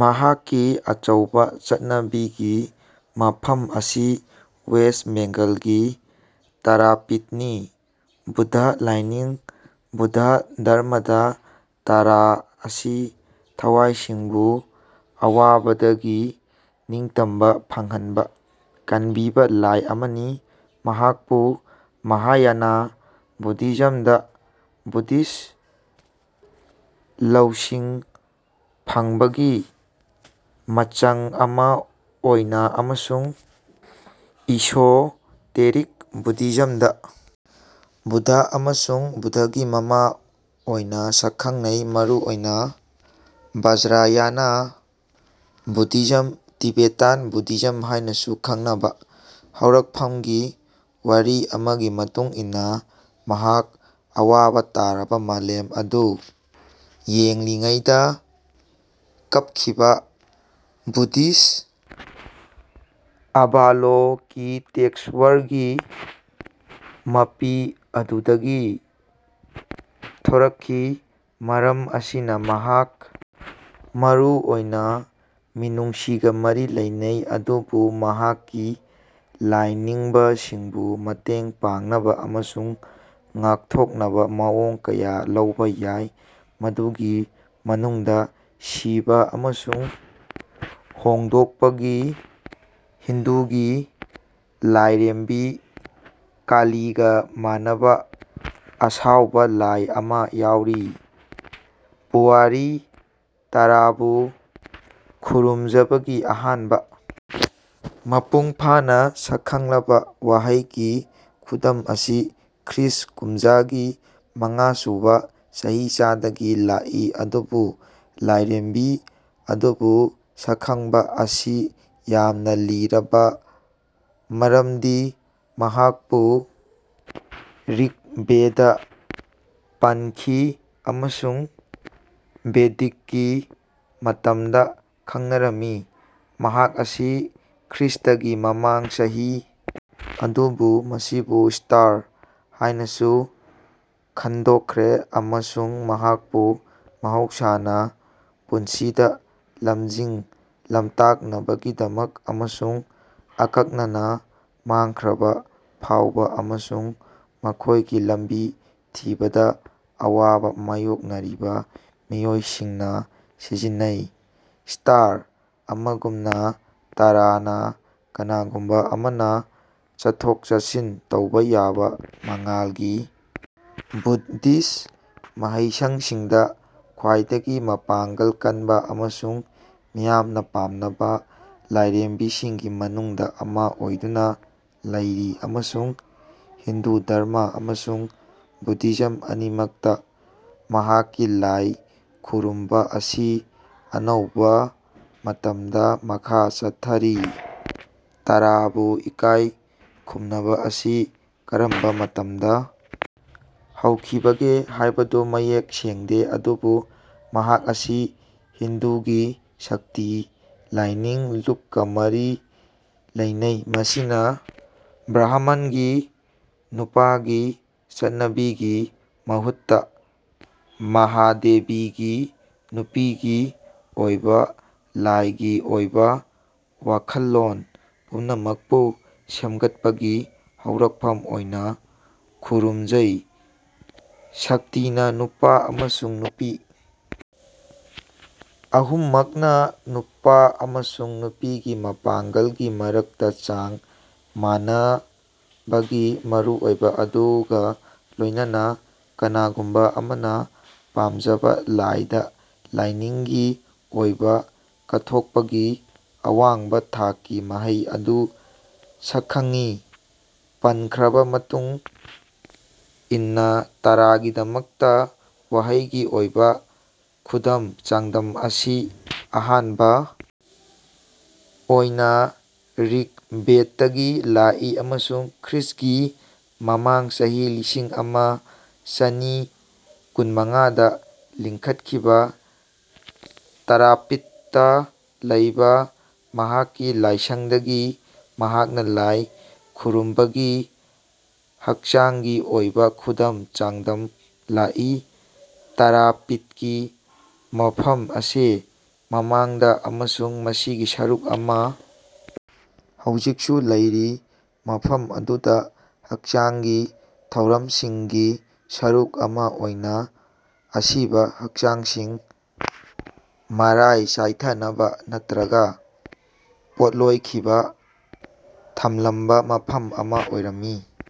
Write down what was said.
ꯃꯍꯥꯛꯀꯤ ꯑꯆꯧꯕ ꯆꯠꯅꯕꯤꯒꯤ ꯃꯐꯝ ꯑꯁꯤ ꯋꯦꯁꯠ ꯕꯦꯡꯒꯜꯒꯤ ꯇꯥꯔꯥꯄꯤꯊꯅꯤ꯫ ꯕꯨꯗ꯭ꯙ ꯂꯥꯏꯅꯤꯡ ꯕꯨꯗ꯭ꯙ ꯙꯔꯃꯥꯗ ꯇꯥꯔꯥ ꯑꯁꯤ ꯊꯋꯥꯏꯁꯤꯡꯕꯨ ꯑꯋꯥꯕꯗꯒꯤ ꯅꯤꯡꯇꯝꯕ ꯐꯪꯍꯟꯕ ꯀꯟꯕꯤꯕ ꯂꯥꯏ ꯑꯃꯅꯤ꯫ ꯃꯍꯥꯛꯄꯨ ꯃꯍꯥꯌꯥꯅ ꯕꯨꯙꯤꯖꯝꯗ ꯕꯣꯙꯤꯁꯠꯚ ꯂꯧꯁꯤꯡ ꯐꯪꯕꯒꯤ ꯃꯆꯪ ꯑꯃ ꯑꯣꯏꯅ ꯑꯃꯁꯨꯡ ꯏꯁꯣꯇꯦꯔꯤꯛ ꯕꯨꯙꯤꯖꯝꯗ ꯕꯨꯗ꯭ꯙ ꯑꯃꯁꯨꯡ ꯕꯨꯗ꯭ꯙꯒꯤ ꯃꯃꯥ ꯑꯣꯏꯅ ꯁꯛꯈꯪꯅꯩ ꯃꯔꯨꯑꯣꯏꯅ ꯕꯖ꯭ꯔꯌꯥꯅ ꯕꯨꯙꯤꯖꯝ ꯇꯤꯕꯦꯇꯥꯟ ꯕꯨꯙꯤꯖꯝ ꯍꯥꯏꯅꯁꯨ ꯈꯪꯅꯕ꯫ ꯍꯧꯔꯛꯐꯝꯒꯤ ꯋꯥꯔꯤ ꯑꯃꯒꯤ ꯃꯇꯨꯡ ꯏꯟꯅ ꯃꯍꯥꯛ ꯑꯋꯥꯕ ꯇꯥꯔꯕ ꯃꯥꯂꯦꯝ ꯑꯗꯨ ꯌꯦꯡꯂꯤꯉꯩꯗ ꯀꯞꯈꯤꯕ ꯕꯨꯙꯤꯁꯠ ꯑꯚꯥꯂꯣꯀꯤꯇꯦꯁ꯭ꯋꯔꯒꯤ ꯃꯄꯤ ꯑꯗꯨꯗꯒꯤ ꯊꯣꯔꯛꯈꯤ꯫ ꯃꯔꯝ ꯑꯁꯤꯅ ꯃꯍꯥꯛ ꯃꯔꯨ ꯑꯣꯏꯅ ꯃꯤꯅꯨꯡꯁꯤꯒ ꯃꯔꯤ ꯂꯩꯅꯩ ꯑꯗꯨꯕꯨ ꯃꯍꯥꯛꯀꯤ ꯂꯥꯏꯅꯤꯡꯕꯁꯤꯡꯕꯨ ꯃꯇꯦꯡ ꯄꯥꯡꯅꯕ ꯑꯃꯁꯨꯡ ꯉꯥꯛꯊꯣꯛꯅꯕ ꯃꯑꯣꯡ ꯀꯌꯥ ꯂꯧꯕ ꯌꯥꯏ ꯃꯗꯨꯒꯤ ꯃꯅꯨꯡꯗ ꯁꯤꯕ ꯑꯃꯁꯨꯡ ꯍꯣꯡꯗꯣꯛꯄꯒꯤ ꯍꯤꯟꯗꯨꯒꯤ ꯂꯥꯏꯔꯦꯝꯕꯤ ꯀꯥꯂꯤꯒ ꯃꯥꯟꯅꯕ ꯑꯁꯥꯎꯕ ꯂꯥꯏ ꯑꯃ ꯌꯥꯎꯔꯤ꯫ ꯄꯨꯋꯥꯔꯤ ꯇꯥꯔꯥꯕꯨ ꯈꯨꯔꯨꯝꯖꯕꯒꯤ ꯑꯍꯥꯟꯕ ꯃꯄꯨꯡ ꯐꯥꯅ ꯁꯛꯈꯪꯂꯕ ꯋꯥꯍꯩꯒꯤ ꯈꯨꯗꯝ ꯑꯁꯤ ꯈ꯭ꯔꯤꯁ꯭ꯠ ꯀꯨꯝꯖꯥꯒꯤ ꯃꯉꯥ ꯁꯨꯕ ꯆꯍꯤꯆꯥꯗꯒꯤ ꯂꯥꯛꯏ ꯑꯗꯨꯕꯨ ꯂꯥꯏꯔꯦꯝꯕꯤ ꯑꯗꯨꯕꯨ ꯁꯛꯈꯪꯕ ꯑꯁꯤ ꯌꯥꯝꯅ ꯂꯤꯔꯕ ꯃꯔꯝꯗꯤ ꯃꯍꯥꯛꯄꯨ ꯔꯤꯒ ꯕꯦꯗꯗ ꯄꯟꯈꯤ ꯑꯃꯁꯨꯡ ꯕꯦꯗꯤꯛꯀꯤ ꯃꯇꯝꯗ ꯈꯪꯅꯔꯝꯃꯤ꯫ ꯃꯍꯥꯛ ꯑꯁꯤ ꯈ꯭ꯔꯤꯁꯇꯒꯤ ꯃꯃꯥꯡ ꯆꯍꯤ ꯑꯗꯨꯕꯨ ꯃꯁꯤꯕꯨ ꯁ꯭ꯇꯥꯔ ꯍꯥꯏꯅꯁꯨ ꯈꯟꯗꯣꯛꯈ꯭ꯔꯦ ꯑꯃꯁꯨꯡ ꯃꯍꯥꯛꯄꯨ ꯃꯍꯧꯁꯥꯅ ꯄꯨꯟꯁꯤꯗ ꯂꯝꯖꯤꯡ ꯂꯝꯇꯥꯛꯅꯕꯒꯤꯗꯃꯛ ꯑꯃꯁꯨꯡ ꯑꯀꯛꯅꯅ ꯃꯥꯡꯈ꯭ꯔꯕ ꯐꯥꯎꯕ ꯑꯃꯁꯨꯡ ꯃꯈꯣꯏꯒꯤ ꯂꯝꯕꯤ ꯊꯤꯕꯗ ꯑꯋꯥꯕ ꯃꯥꯌꯣꯛꯅꯔꯤꯕ ꯃꯤꯑꯣꯏꯁꯤꯡꯅ ꯁꯤꯖꯤꯟꯅꯩ꯫ ꯁ꯭ꯇꯥꯔ ꯑꯃꯒꯨꯝꯅ ꯇꯥꯔꯥꯅ ꯀꯅꯥꯒꯨꯝꯕ ꯑꯃꯅ ꯆꯠꯊꯣꯛ ꯆꯠꯁꯤꯟ ꯇꯧꯕ ꯌꯥꯕ ꯃꯉꯥꯜꯒꯤ ꯕꯨꯗꯙꯤꯁ꯭ꯠ ꯃꯍꯩꯁꯪꯁꯤꯡꯗ ꯈ꯭ꯋꯥꯏꯗꯒꯤ ꯃꯄꯥꯡꯒꯜ ꯀꯟꯕ ꯑꯃꯁꯨꯡ ꯃꯤꯌꯥꯝꯅ ꯄꯥꯝꯅꯕ ꯂꯥꯏꯔꯦꯝꯕꯤꯁꯤꯡꯒꯤ ꯃꯅꯨꯡꯗ ꯑꯃ ꯑꯣꯏꯗꯨꯅ ꯂꯩꯔꯤ ꯑꯃꯁꯨꯡ ꯍꯤꯟꯗꯨ ꯙꯔꯃꯥ ꯑꯃꯁꯨꯡ ꯕꯨꯙꯤꯖꯝ ꯑꯅꯤꯃꯛꯇ ꯃꯍꯥꯛꯀꯤ ꯂꯥꯏ ꯈꯨꯔꯨꯝꯕ ꯑꯁꯤ ꯑꯅꯧꯕ ꯃꯇꯝꯗ ꯃꯈꯥ ꯆꯠꯊꯔꯤ꯫ ꯇꯥꯔꯥꯕꯨ ꯏꯀꯥꯏ ꯈꯨꯝꯅꯕ ꯑꯁꯤ ꯀꯔꯝꯕ ꯃꯇꯝꯗ ꯍꯧꯈꯤꯕꯒꯦ ꯍꯥꯏꯕꯗꯨ ꯃꯌꯦꯛ ꯁꯦꯡꯗꯦ ꯑꯗꯨꯕꯨ ꯃꯍꯥꯛ ꯑꯁꯤ ꯍꯤꯟꯗꯨꯒꯤ ꯁꯛꯇꯤ ꯂꯥꯏꯅꯤꯡ ꯂꯨꯞꯀ ꯃꯔꯤ ꯂꯩꯅꯩ ꯃꯁꯤꯅ ꯕ꯭ꯔꯍꯃꯟꯒꯤ ꯅꯨꯄꯥꯒꯤ ꯆꯠꯅꯕꯤꯒꯤ ꯃꯍꯨꯠꯇ ꯃꯍꯥꯗꯦꯕꯤꯒꯤ ꯅꯨꯄꯤꯒꯤ ꯑꯣꯏꯕ ꯂꯥꯏꯒꯤ ꯑꯣꯏꯕ ꯋꯥꯈꯜꯂꯣꯟ ꯄꯨꯝꯅꯃꯛꯄꯨ ꯁꯦꯝꯒꯠꯄꯒꯤ ꯍꯧꯔꯛꯐꯝ ꯑꯣꯏꯅ ꯈꯨꯔꯨꯝꯖꯩ꯫ ꯁꯛꯇꯤꯅ ꯅꯨꯄꯥ ꯑꯃꯁꯨꯡ ꯅꯨꯄꯤ ꯑꯍꯨꯝꯃꯛꯅ ꯅꯨꯄꯥ ꯑꯃꯁꯨꯡ ꯅꯨꯄꯤꯒꯤ ꯃꯄꯥꯡꯒꯜꯒꯤ ꯃꯔꯛꯇ ꯆꯥꯡ ꯃꯥꯟꯅꯕꯒꯤ ꯃꯔꯨꯑꯣꯏꯕ ꯑꯗꯨꯒ ꯂꯣꯏꯅꯅ ꯀꯅꯥꯒꯨꯝꯕ ꯑꯃꯅ ꯄꯥꯝꯖꯕ ꯂꯥꯏꯗ ꯂꯥꯏꯅꯤꯡꯒꯤ ꯑꯣꯏꯕ ꯀꯠꯊꯣꯛꯄꯒꯤ ꯑꯋꯥꯡꯕ ꯊꯥꯛꯀꯤ ꯃꯍꯩ ꯑꯗꯨ ꯁꯛꯈꯪꯉꯤ꯫ ꯄꯟꯈ꯭ꯔꯕ ꯃꯇꯨꯡ ꯏꯟꯅ ꯇꯥꯔꯥꯒꯤꯗꯃꯛꯇ ꯋꯥꯍꯩꯒꯤ ꯑꯣꯏꯕ ꯈꯨꯗꯝ ꯆꯥꯡꯗꯝ ꯑꯁꯤ ꯑꯍꯥꯟꯕ ꯑꯣꯏꯅ ꯔꯤꯒ ꯕꯦꯗꯇꯒꯤ ꯂꯥꯛꯏ ꯑꯃꯁꯨꯡ ꯈ꯭ꯔꯤꯁ꯭ꯠꯒꯤ ꯃꯃꯥꯡ ꯆꯍꯤ ꯂꯤꯁꯤꯡ ꯑꯃ ꯆꯅꯤ ꯀꯨꯟꯃꯉꯥꯗ ꯂꯤꯡꯈꯠꯈꯤꯕ ꯇꯥꯔꯥꯄꯤꯊꯇ ꯂꯩꯕ ꯃꯍꯥꯛꯀꯤ ꯂꯥꯏꯁꯪꯗꯒꯤ ꯃꯍꯥꯛꯅ ꯂꯥꯏ ꯈꯨꯔꯨꯝꯕꯒꯤ ꯍꯛꯆꯥꯡꯒꯤ ꯑꯣꯏꯕ ꯈꯨꯗꯝ ꯆꯥꯡꯗꯝ ꯂꯥꯛꯏ꯫ ꯇꯔꯥꯄꯤꯊꯀꯤ ꯃꯐꯝ ꯑꯁꯤ ꯃꯃꯥꯡꯗ ꯑꯃꯁꯨꯡ ꯃꯁꯤꯒꯤ ꯁꯔꯨꯛ ꯑꯃ ꯍꯧꯖꯤꯛꯁꯨ ꯂꯩꯔꯤ ꯃꯐꯝ ꯑꯗꯨꯗ ꯍꯛꯆꯥꯡꯒꯤ ꯊꯧꯔꯝꯁꯤꯡꯒꯤ ꯁꯔꯨꯛ ꯑꯃ ꯑꯣꯏꯅ ꯑꯁꯤꯕ ꯍꯛꯆꯥꯡꯁꯤꯡ ꯃꯔꯥꯏ ꯆꯥꯏꯊꯅꯕ ꯅꯠꯇ꯭ꯔꯒ ꯄꯣꯠꯂꯣꯏꯈꯤꯕ ꯊꯝꯂꯝꯕ ꯃꯐꯝ ꯑꯃ ꯑꯣꯏꯔꯝꯃꯤ꯫